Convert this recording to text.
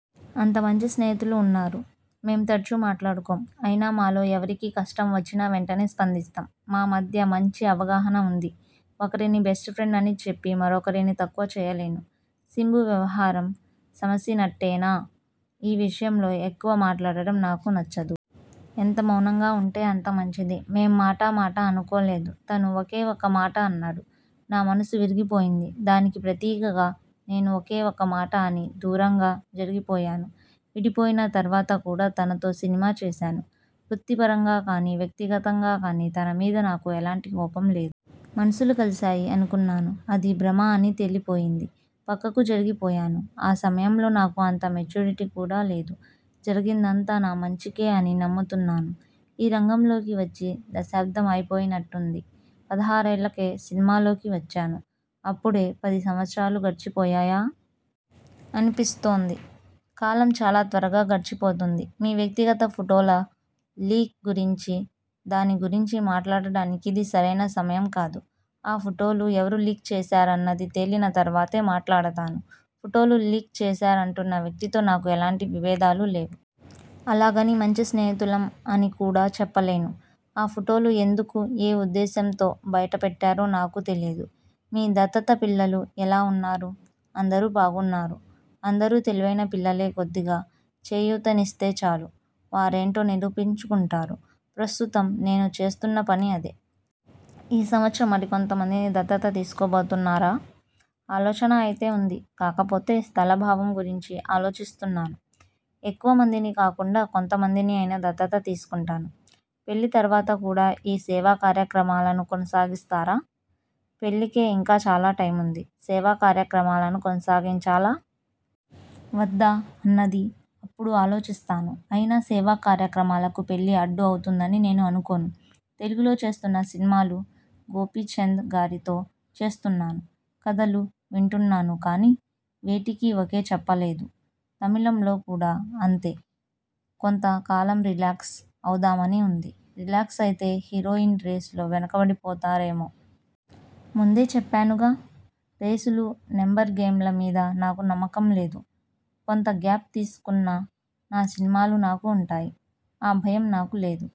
అంత మంచి స్నేహితులు ఉన్నారు. మేం తరచూ మాట్లాడుకోం. అయినా మాలో ఎవరికి కష్టం వచ్చినా వెంటనే స్పందిస్తాం. మా మధ్య మంచి అవగాహన ఉంది. ఒకరిని బెస్ట్ ఫ్రెండ్ అని చెప్పి మరొకరిని తక్కువ చేయలేను. శింబు వ్యవహారం సమసినట్టేనా ఈ విషయంలో ఎక్కువ మాట్లాడడం నాకు నచ్చదు. ఎంత మౌనంగా ఉంటే అంత మంచిది. మేం మాటా మాటా అనుకోలేదు. తను ఒకే ఒక్క మాట అన్నాడు. నా మనసు విరిగిపోయింది. దానికి ప్రతిగా నేను ఒకే ఒక్క మాట అని దూరంగా జరిగిపోయాను. విడిపోయిన తరువాత కూడా తనతో సినిమా చేశాను. వృత్తి పరంగా కానీ, వ్యక్తిగతంగా కానీ తన మీద నాకు ఎలాంటి కోపం లేదు. మనసులు కలిశాయి అనుకున్నాను. అది భ్రమ అని తేలిపోయింది. పక్కకు జరిగిపోయాను. ఆ సమయంలో నాకు అంత మెచ్యూరిటీ కూడా లేదు. జరిగిందంతా నా మంచికే అని నమ్ముతున్నాను. ఈ రంగంలోకి వచ్చి దశాబ్దం అయిపోయినట్టుంది? పదహారేళ్ళకే సినిమాల్లోకి వచ్చాను. అప్పుడే పది సంవత్సరాలు గడిచిపోయాయా? అనిపిస్తోంది. కాలం చాలా త్వరగా గడిచిపోతోంది. మీ వ్యక్తిగత ఫోటోల లీక్ గురించి? దాని గురించి మాట్లాడడానికి ఇది సరైన సమయం కాదు. ఆ ఫోటోలు ఎవరు లీక్ చేశారన్నది తేలిన తరువాతే మాట్లాడతాను. ఫోటోలు లీక్ చేశారంటున్న వ్యక్తితో నాకు ఎలాంటి విబేధాలు లేవు. అలాగని మంచి స్నేహితులం అని కూడా చెప్పలేను. ఆ ఫోటోలు ఎందుకు ఏ ఉద్దేశంతో బయటపెట్టారో నాకు తెలియదు. మీ దత్తత పిల్లలు ఎలా ఉన్నారు? అందరూ బాగున్నారు. అందరూ తెలివైన పిల్లలే కొద్దిగా చేయూతనిస్తే చాలు వారేంటో నిరూపించుకుంటారు. ప్రస్తుతం నేను చేస్తున్న పని అదే! ఈ సంవత్సరం మరికొంత మందిని దత్తత తీసుకోబోతున్నారా? ఆలోచన అయితే ఉంది. కాకపోతే స్థలాభావం గురించి ఆలోచిస్తున్నాను. ఎక్కువ మందిని కాకుండా కొంత మందిని అయినా దత్తత తీసుకుంటాను. పెళ్ళి తరువాత కూడా ఈ సేవాకార్యక్రమాలను కొనసాగిస్తారా? పెళ్ళికే ఇంకా చాలా టైముంది. సేవాకార్యక్రమాలను కొనసాగించాలా? వద్దా? అన్నది అప్పుడు ఆలోచిస్తాను. అయినా సేవాకార్యక్రమాలకు పెళ్ళి అడ్డు అవుతుందని నేను అనుకోను. తెలుగులో చేస్తున్న సినిమాలు? గోపీచంద్గారితో చేస్తున్నాను. కధలు వింటున్నాను కానీ, వేటికీ ఓకే చెప్పలేదు. తమిళంలో కూడా అంతే! కొంత కాలం రిలాక్స్ అవుదామని ఉంది. రిలాక్స్ అయితే హీరోయిన్ రేసులో వెనుకబడిపోతారేమో? ముందే చెప్పానుగా? రేసులు, నెంబర్ గేమ్ల మీద నాకు నమ్మకం లేదు. కొంత గ్యాప్ తీసుకున్నా నా సినిమాలు నాకు ఉంటాయి. ఆ భయం నాకు లేదు.